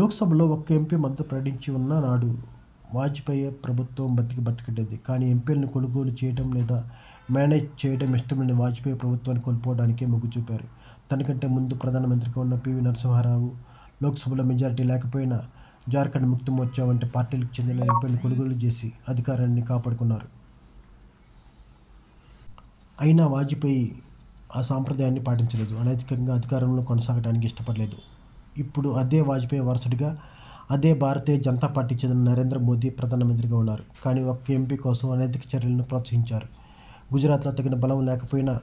లోక్సభలో ఒక్క ఎంపీ మద్దతు ప్రకటించి ఉన్నా నాడు వాజపేయి ప్రభుత్వం బతికి బట్టకట్టేది. కానీ ఎంపీలను కొనుగోలు చేయడం లేదా మేనేజ్ చేయడం ఇష్టంలేని వాజపేయి, ప్రభుత్వాన్ని కోల్పోవడానికే మొగ్గు చూపారు. తనకంటే ముందు ప్రధానమంత్రిగా ఉన్న పీవీ నరసింహారావు, లోక్సభలో మెజారిటీ లేకపోయినా, జార్ఖండ్ ముక్తి మోర్చా వంటి పార్టీలకు చెందిన ఎంపీలను కొనుగోలు చేసి అధికారాన్ని కాపాడుకున్నారు. అయినా వాజపేయి ఆ సంప్రదాయాన్ని పాటించలేదు. అనైతికంగా అధికారంలో కొనసాగడానికి ఇష్టపడలేదు. ఇప్పుడు అదే వాజపేయి వారసుడిగా, అదే భారతీయ జనతా పార్టీకి చెందిన నరేంద్ర మోదీ ప్రధానమంత్రిగా ఉన్నారు. కానీ ఒక్క ఎంపీ కోసం అనైతిక చర్యలను ప్రోత్సహించారు. గుజరాత్లో తగిన బలం లేకపోయినా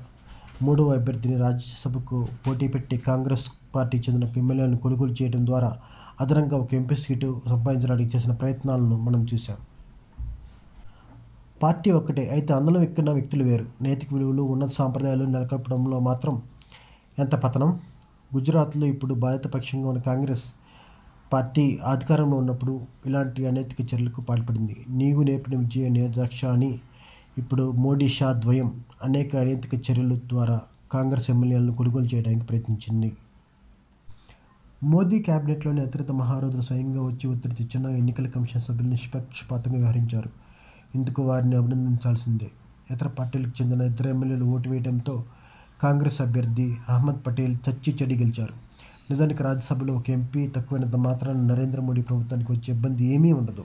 మూడవ అభ్యర్థిని రాజ్యసభకు పోటీ పెట్టి, కాంగ్రెస్ పార్టీకి చెందిన ఎమ్మెల్యేలను కొనుగోలు చేయడం ద్వారా అదనంగా ఒక ఎంపీ సీటు సంపాదించడానికి చేసిన ప్రయత్నాలను మనం చూశాం. పార్టీ ఒక్కటే! అయితే అందలం ఎక్కిన వ్యక్తులు వేరు! నైతిక విలువలు– ఉన్నత సంప్రదాయాలు నెలకొల్పడంలో మాత్రం ఎంత పతనం! గుజరాత్లో ఇప్పుడు బాధిత పక్షంగా ఉన్న కాంగ్రెస్ పార్టీ అధికారంలో ఉన్నప్పుడు ఇలాంటి అనైతిక చర్యలకు పాల్పడింది. 'నీవు నేర్పిన విద్యయే నీరజాక్ష' అని ఇప్పుడు మోదీ– షా ద్వయం అవే అనైతిక చర్యల ద్వారా కాంగ్రెస్ ఎమ్మెల్యేలను కొనుగోలు చేయడానికి ప్రయత్నించింది. మోదీ కేబినెట్లోని అతిరథ మహారథులు స్వయంగా వచ్చి ఒత్తిడి తెచ్చినా ఎన్నికల కమిషన్ సభ్యులు నిష్పక్షపాతంగా వ్యవహరించారు. ఇందుకు వారిని అభినందించాల్సిందే! ఇతర పార్టీలకు చెందిన ఇద్దరు ఎమ్మెల్యేలు ఓటు వేయడంతో కాంగ్రెస్ అభ్యర్థి అహ్మద్ పటేల్ చచ్చీ చెడీ గెలిచారు. నిజానికి రాజ్యసభలో ఒక ఎంపీ తక్కువైనంత మాత్రాన నరేంద్ర మోదీ ప్రభుత్వానికి వచ్చే ఇబ్బంది ఏమీ ఉండదు.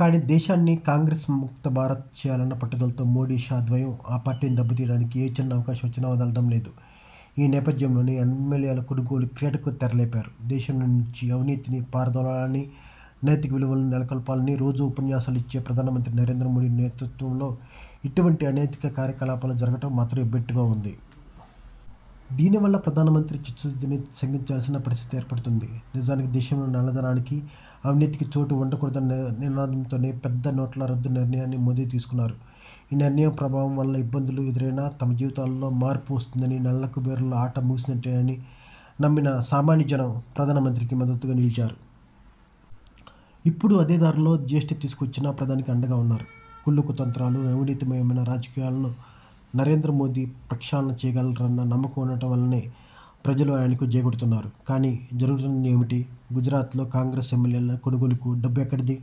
కానీ దేశాన్ని 'కాంగ్రెస్ ముక్త భారత్' చేయాలన్న పట్టుదలతో మోదీ– షా ద్వయం ఆ పార్టీని దెబ్బతీయడానికి ఏ చిన్న అవకాశం వచ్చినా వదలడం లేదు. ఈ నేపథ్యంలోనే ఎమ్మెల్యేల కొనుగోలు క్రీడకు తెర లేపారు. దేశం నుంచి అవినీతిని పారదోలాలనీ, నైతిక విలువలను నెలకొల్పాలనీ రోజూ ఉపన్యాసాలు ఇచ్చే ప్రధానమంత్రి నరేంద్ర మోదీ నేతృత్వంలో ఇటువంటి అనైతిక కార్యకలాపాలు జరగడం మాత్రం ఎబ్బెట్టుగా ఉంది. దీనివల్ల ప్రధానమంత్రి చిత్తశుద్ధిని శంకించాల్సిన పరిస్థితి ఏర్పడుతుంది. నిజానికి దేశంలో నల్లధనానికి, అవినీతికి చోటు ఉండకూడదన్న నినాదంతోనే పెద్ద నోట్ల రద్దు నిర్ణయాన్ని మోదీ తీసుకున్నారు. ఈ నిర్ణయం ప్రభావం వల్ల ఇబ్బందులు ఎదురైనా తమ జీవితాలలో మార్పు వస్తుందనీ, నల్లకుబేరుల ఆట ముగిసినట్టేనని నమ్మిన సామాన్య జనం ప్రధానమంత్రికి మద్దతుగా నిలిచారు. ఇప్పుడు అదే దారిలో జీఎస్టీ తీసుకువచ్చినా ప్రధానికి అండగా ఉన్నారు. కుళ్లు, కుతంత్రాలు, అవినీతిమయమైన రాజకీయాలను నరేంద్ర మోదీ ప్రక్షాళన చేయగలరన్న నమ్మకం ఉండటం వల్లనే ప్రజలు ఆయనకు జైకొడుతున్నారు. కానీ జరుగుతున్నది ఏమిటి? గుజరాత్లో కాంగ్రెస్ ఎమ్మెల్యేల కొనుగోలుకు డబ్బు ఎక్కడిది?